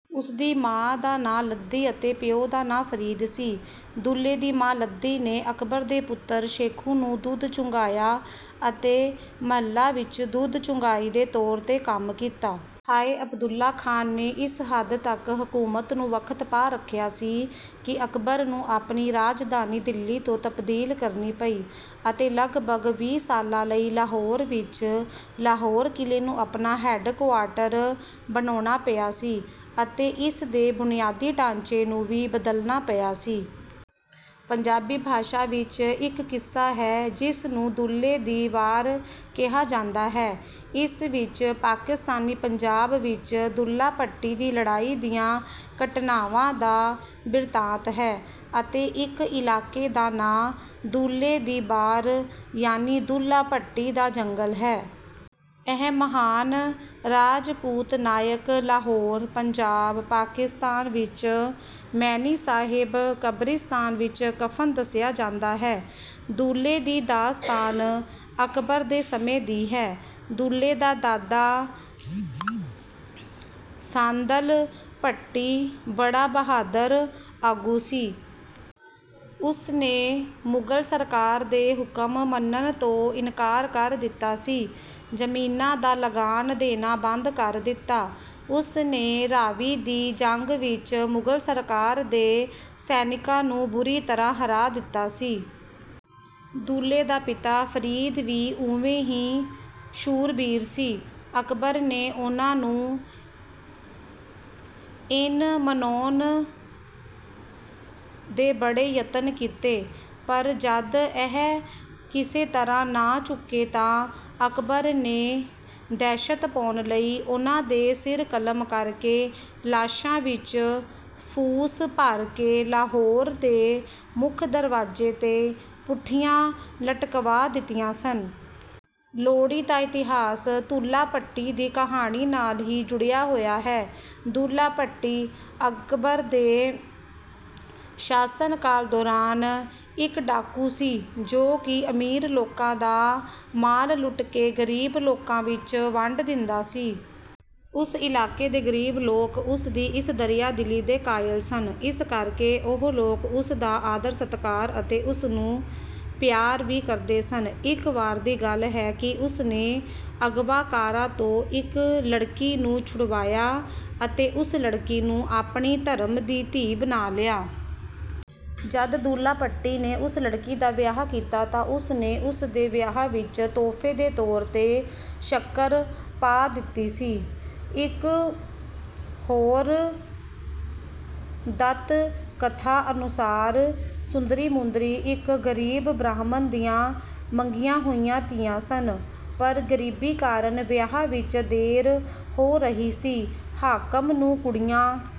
ਉਸਦੀ ਮਾਂ ਦਾ ਨਾਂ ਲੱਧੀ ਅਤੇ ਪਿਉ ਦਾ ਨਾਂ ਫਰੀਦ ਸੀ। ਦੁੱਲੇ ਦੀ ਮਾਂ ਲੱਧੀ ਨੇ ਅਕਬਰ ਦੇ ਪੁੱਤਰ ਸ਼ੇਖੂ ਨੂੰ ਦੁੱਧ ਚੁੰਘਾਇਆ ਅਤੇ ਮਹੱਲਾਂ ਵਿੱਚ ਦੁੱਧ ਚੁੰਘਾਵੀ ਦੇ ਤੌਰ 'ਤੇ ਕੰਮ ਕੀਤਾ। ਰਾਏ ਅਬਦੁੱਲਾ ਖਾਨ ਨੇ ਇਸ ਹੱਦ ਤੱਕ ਹਕੂਮਤ ਨੂੰ ਵਖਤ ਪਾ ਰੱਖਿਆ ਸੀ ਕਿ ਅਕਬਰ ਨੂੰ ਆਪਣੀ ਰਾਜਧਾਨੀ ਦਿੱਲੀ ਤੋਂ ਤਬਦੀਲ ਕਰਨੀ ਪਈ ਅਤੇ ਲਗਭਗ ਵੀਹ ਸਾਲਾਂ ਲਈ ਲਾਹੌਰ ਵਿੱਚ, ਲਾਹੌਰ ਕਿਲ੍ਹੇ ਨੂੰ ਆਪਣਾ ਹੈੱਡਕੁਆਰਟਰ ਬਣਾਉਣਾ ਪਿਆ ਸੀ ਅਤੇ ਇਸ ਦੇ ਬੁਨਿਆਦੀ ਢਾਂਚੇ ਨੂੰ ਵੀ ਬਦਲਣਾ ਪਿਆ ਸੀ। ਪੰਜਾਬੀ ਭਾਸ਼ਾ ਵਿੱਚ ਇੱਕ ਕਿੱਸਾ ਹੈ ਜਿਸ ਨੂੰ ਦੁੱਲੇ ਦੀ ਵਾਰ ਕਿਹਾ ਜਾਂਦਾ ਹੈ। ਇਸ ਵਿੱਚ ਪਾਕਿਸਤਾਨੀ ਪੰਜਾਬ ਵਿੱਚ ਦੁੱਲਾ ਭੱਟੀ ਦੀ ਲੜਾਈ ਦੀਆਂ ਘਟਨਾਵਾਂ ਦਾ ਬਿਰਤਾਂਤ ਹੈ। ਅਤੇ ਇੱਕ ਇਲਾਕੇ ਦਾ ਨਾਂ ਦੁੱਲੇ ਦੀ ਬਾਰ ਯਾਨੀ ਦੁੱਲਾ ਭੱਟੀ ਦਾ ਜੰਗਲ ਹੈ। ਇਹ ਮਹਾਨ ਰਾਜਪੂਤ ਨਾਇਕ ਲਾਹੌਰ, ਪੰਜਾਬ, ਪਾਕਿਸਤਾਨ ਵਿੱਚ ਮੈਣੀ ਸਾਹਿਬ ਕਬਰਿਸਤਾਨ ਵਿੱਚ ਦਫਨ ਦੱਸਿਆ ਜਾਂਦਾ ਹੈ। ਦੁੱਲੇ ਦੀ ਦਾਸਤਾਨ ਅਕਬਰ ਦੇ ਸਮੇਂ ਦੀ ਹੈ। ਦੁੱਲੇ ਦਾ ਦਾਦਾ ਸਾਂਦਲ ਭੱਟੀ ਬੜਾ ਬਹਾਦਰ ਆਗੂ ਸੀ। ਉਸਨੇ ਮੁਗ਼ਲ ਸਰਕਾਰ ਦੇ ਹੁਕਮ ਮੰਨਣ ਤੋਂ ਇਨਕਾਰ ਕਰ ਦਿੱਤਾ ਸੀ, ਜ਼ਮੀਨਾਂ ਦਾ ਲਗਾਨ ਦੇਣਾ ਬੰਦ ਕਰ ਦਿੱਤਾ। ਉਸਨੇ ਰਾਵੀ ਦੀ ਜੰਗ ਵਿੱਚ ਮੁਗ਼ਲ ਸਰਕਾਰ ਦੇ ਸੈਨਿਕਾਂ ਨੂੰ ਬੁਰੀ ਤਰ੍ਹਾਂ ਹਰਾ ਦਿੱਤਾ ਸੀ। ਦੁੱਲੇ ਦਾ ਪਿਤਾ ਫਰੀਦ ਵੀ ਉਵੇਂ ਹੀ ਸੂਰਬੀਰ ਸੀ। ਅਕਬਰ ਨੇ ਉਨ੍ਹਾਂ ਨੂੰ ਈਨ ਮਨਾਉਣ ਦੇ ਬੜੇ ਯਤਨ ਕੀਤੇ ਪਰ ਜਦ ਉਹ ਕਿਸੇ ਤਰ੍ਹਾਂ ਨਾ ਝੁਕੇ ਤਾਂ ਅਕਬਰ ਨੇ ਦਹਿਸ਼ਤ ਪਾਉਣ ਲਈ ਉਨ੍ਹਾਂ ਦੇ ਸਿਰ ਕਲਮ ਕਰਕੇ ਲਾਸ਼ਾਂ ਵਿੱਚ ਫੂਸ ਭਰ ਕੇ ਲਾਹੌਰ ਦੇ ਮੁੱਖ ਦਰਵਾਜ਼ੇ 'ਤੇ ਪੁੱਠੀਆਂ ਲਟਕਵਾ ਦਿੱਤੀਆਂ ਸਨ। ਲੋਹੜੀ ਦਾ ਇਤਿਹਾਸ ਦੁੱਲਾ ਭੱਟੀ ਦੀ ਕਹਾਣੀ ਨਾਲ ਵੀ ਜੁੜਿਆ ਹੋਇਆ ਹੈ। ਦੁੱਲਾ ਭੱਟੀ ਅਕਬਰ ਦੇ ਸ਼ਾਸਨਕਾਲ ਦੌਰਾਨ ਇੱਕ ਡਾਕੂ ਸੀ ਜੋ ਕਿ ਅਮੀਰ ਲੋਕਾਂ ਦਾ ਮਾਲ ਲੁੱਟ ਕੇ ਗਰੀਬ ਲੋਕਾਂ ਵਿੱਚ ਵੰਡ ਦਿੰਦਾ ਸੀ। ਉਸ ਇਲਾਕੇ ਦੇ ਗਰੀਬ ਲੋਕ ਉਸ ਦੀ ਇਸ ਦਰਿਆ-ਦਿਲੀ ਦੇ ਕਾਇਲ ਸਨ, ਇਸ ਕਰਕੇ ਉਹ ਲੋਕ ਉਸ ਦਾ ਆਦਰ-ਸਤਿਕਾਰ ਅਤੇ ਉਸ ਨੂੰ ਪਿਆਰ ਵੀ ਕਰਦੇ ਸਨ। ਇੱਕ ਵਾਰ ਦੀ ਗੱਲ ਹੈ ਕਿ ਉਸ ਨੇ ਅਗਵਾਕਾਰਾਂ ਤੋਂ ਇੱਕ ਲੜਕੀ ਨੂੰ ਛੁਡਾਇਆ ਅਤੇ ਉਸ ਲੜਕੀ ਨੂੰ ਆਪਣੀ ਧਰਮ ਦੀ ਧੀ ਬਣਾ ਲਿਆ। ਜਦ ਦੁੱਲਾ-ਭੱਟੀ ਨੇ ਉਸ ਲੜਕੀ ਦਾ ਵਿਆਹ ਕੀਤਾ ਤਾਂ ਉਸ ਨੇ ਉਸ ਦੇ ਵਿਆਹ ਵਿੱਚ ਤੋਹਫ਼ੇ ਦੇ ਤੌਰ 'ਤੇ ਸ਼ੱਕਰ ਪਾ ਦਿੱਤੀ ਸੀ। ਇੱਕ ਹੋਰ ਦੰਤ-ਕਥਾ ਅਨੁਸਾਰ: ਸੁੰਦਰੀ-ਮੁੰਦਰੀ ਇੱਕ ਗਰੀਬ ਬ੍ਰਾਹਮਣ ਦੀਆਂ ਮੰਗੀਆਂ ਹੋਈਆਂ ਧੀਆਂ ਸਨ, ਪਰ ਗਰੀਬੀ ਕਾਰਨ ਵਿਆਹ ਵਿੱਚ ਦੇਰ ਹੋ ਰਹੀ ਸੀ। ਹਾਕਮ ਨੂੰ ਕੁੜੀਆਂ